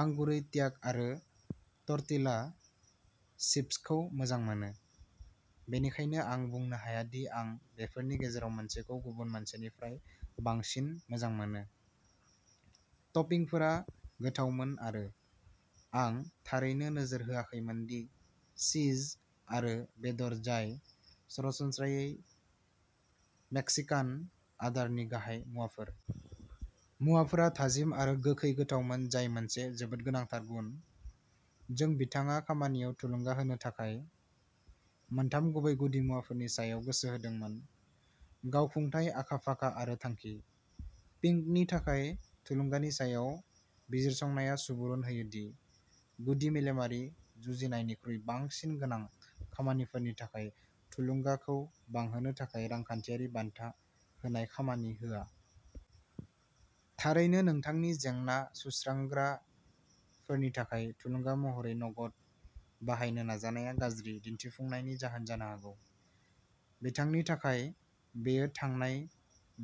आं गुरै ट्याक'आरो टर्टिला चिप्सखौ मोजां मोनो, बेनिखायनो आं बुंनो हाया दि आं बेफोरनि गेजेराव मोनसेखौ गुबुन मोनसेनिफ्राय बांसिन मोजां मोनोमोन। टपिंफोरा गोथावमोन आरो आं थारैनो नोजोर होआखैमोन दि चीज आरो बेदर जाय सरासनस्रायै मेक्सिकान आदारनि गाहाय मुवाफोर। मुवाफोरा थाजिम आरो गोखै गोथावमोन जाय मोनसे जोबोद गोनांथार गुन। जों, बिथाङा खामानियाव थुलुंगा होनो थाखाय मोनथाम गुबै गुदिमुवाफोरनि सायाव गोसो होदोंमोनः गावखुंथाय, आखा-फाखा आरो थांखि। पिंकनि थाखाय, थुलुंगानि सायाव बिजिरसंनाया सुबुरुन होयो दि, गुदि मेलेमारि जुजिनायनिख्रुइ बांसिन गोनां खामानिफोरनि थाखाय, थुलुंगाखौ बांहोनो थाखाय रांखान्थियारि बान्था होनाय खामानि होआ। थारैनो, नोंथांनि जेंना-सुस्रांग्राफोरनि थाखाय थुलुंगा महरै नगद बाहायनो नाजानाया गाज्रि दिन्थिफुंनायनि जाहोन जानो हागौ। बिथांनि थाखाय, बेयो थांनाय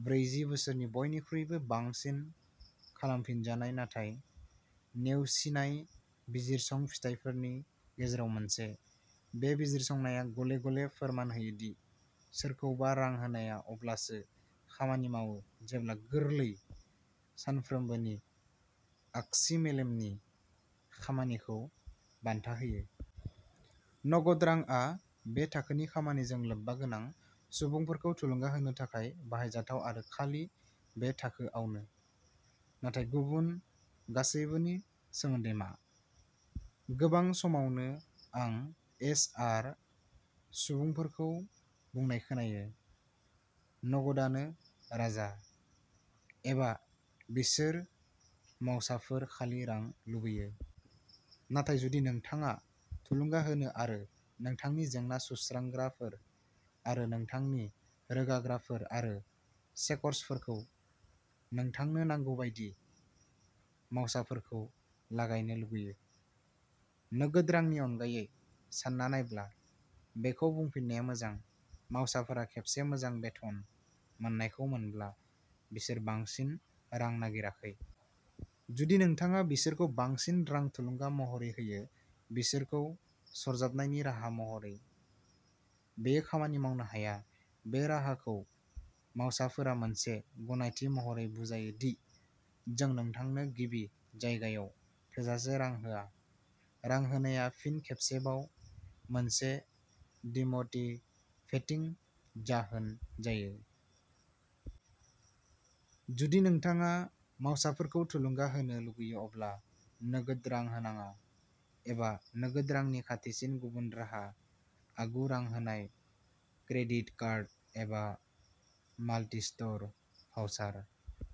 ब्रैजि बोसोरनि बयनिख्रुइबो बांसिन खालामफिनजानाय नाथाय नेवसिनाय बिजिरसं फिथाइफोरनि गेजेराव मोनसे। बे बिजिरसंनाया गले-गले फोरमान होयो दि सोरखौबा रां होनाया अब्लासो खामानि मावो जेब्ला गोरलै, सानफ्रोमबोनि आगसि-मेलेमनि खामानिखौ बान्था होयो। नगद रांआ बे थाखोनि खामानिजों लोब्बागोनां सुबुंफोरखौ थुलुंगा होनो थाखाय बाहायजाथाव आरो खालि बे थाखोआवनो। नाथाय गुबुन गासैबोनि सोमोन्दै मा? गोबां समावनो आं एचआर सुबुंफोरखौ बुंनाय खोनायोः'नगदानो राजा'; एबाः'बिसोर मावसाफोर खालि रां लुबैयो! 'नाथाय जुदि नोंथाङा थुलुंगा होनो आरो नोंथांनि जेंना-सुस्रांग्राफोर आरो नोंथांनि रोगाग्राफोर आरो शेकर्सफोरखौ नोंथांनो नांगौ बायदि मावसाफोरखौ लागायनो लुगैयो। नोगोद रांनि अनगायै सानना नायब्ला। बेखौ बुंफिननाया मोजांः मावसाफोरा खेबसे मोजां बेथन मोननायखौ मोनब्ला, बिसोर बांसिन रां नागिराखै। जुदि नोंथाङा बिसोरखौ बांसिन रां थुलुंगा महरै होयो-बिसोरखौ सरजाबनायनि राहा महरै, बेयो खामानि मावनो हाया। बे राहाखौ मावसाफोरा मोनसे गनायथि महरै बुजायो दिः जों नोंथांनो गिबि जायगायाव थोजासे रां होआ। रां होनाया फिन खेबसेबाव मोनसे डिम'टिभेटिं जाहोन जायो। जुदि नोंथाङा मावसाफोरखौ थुलुंगा होनो लुगैयो अब्ला नोगोद रां होनाङा, एबा नोगोद रांनि खाथिसिन गुबुन राहा-आगु-रां होनाय क्रेडिट कार्ड एबा माल्टिस्ट'र भाउचार।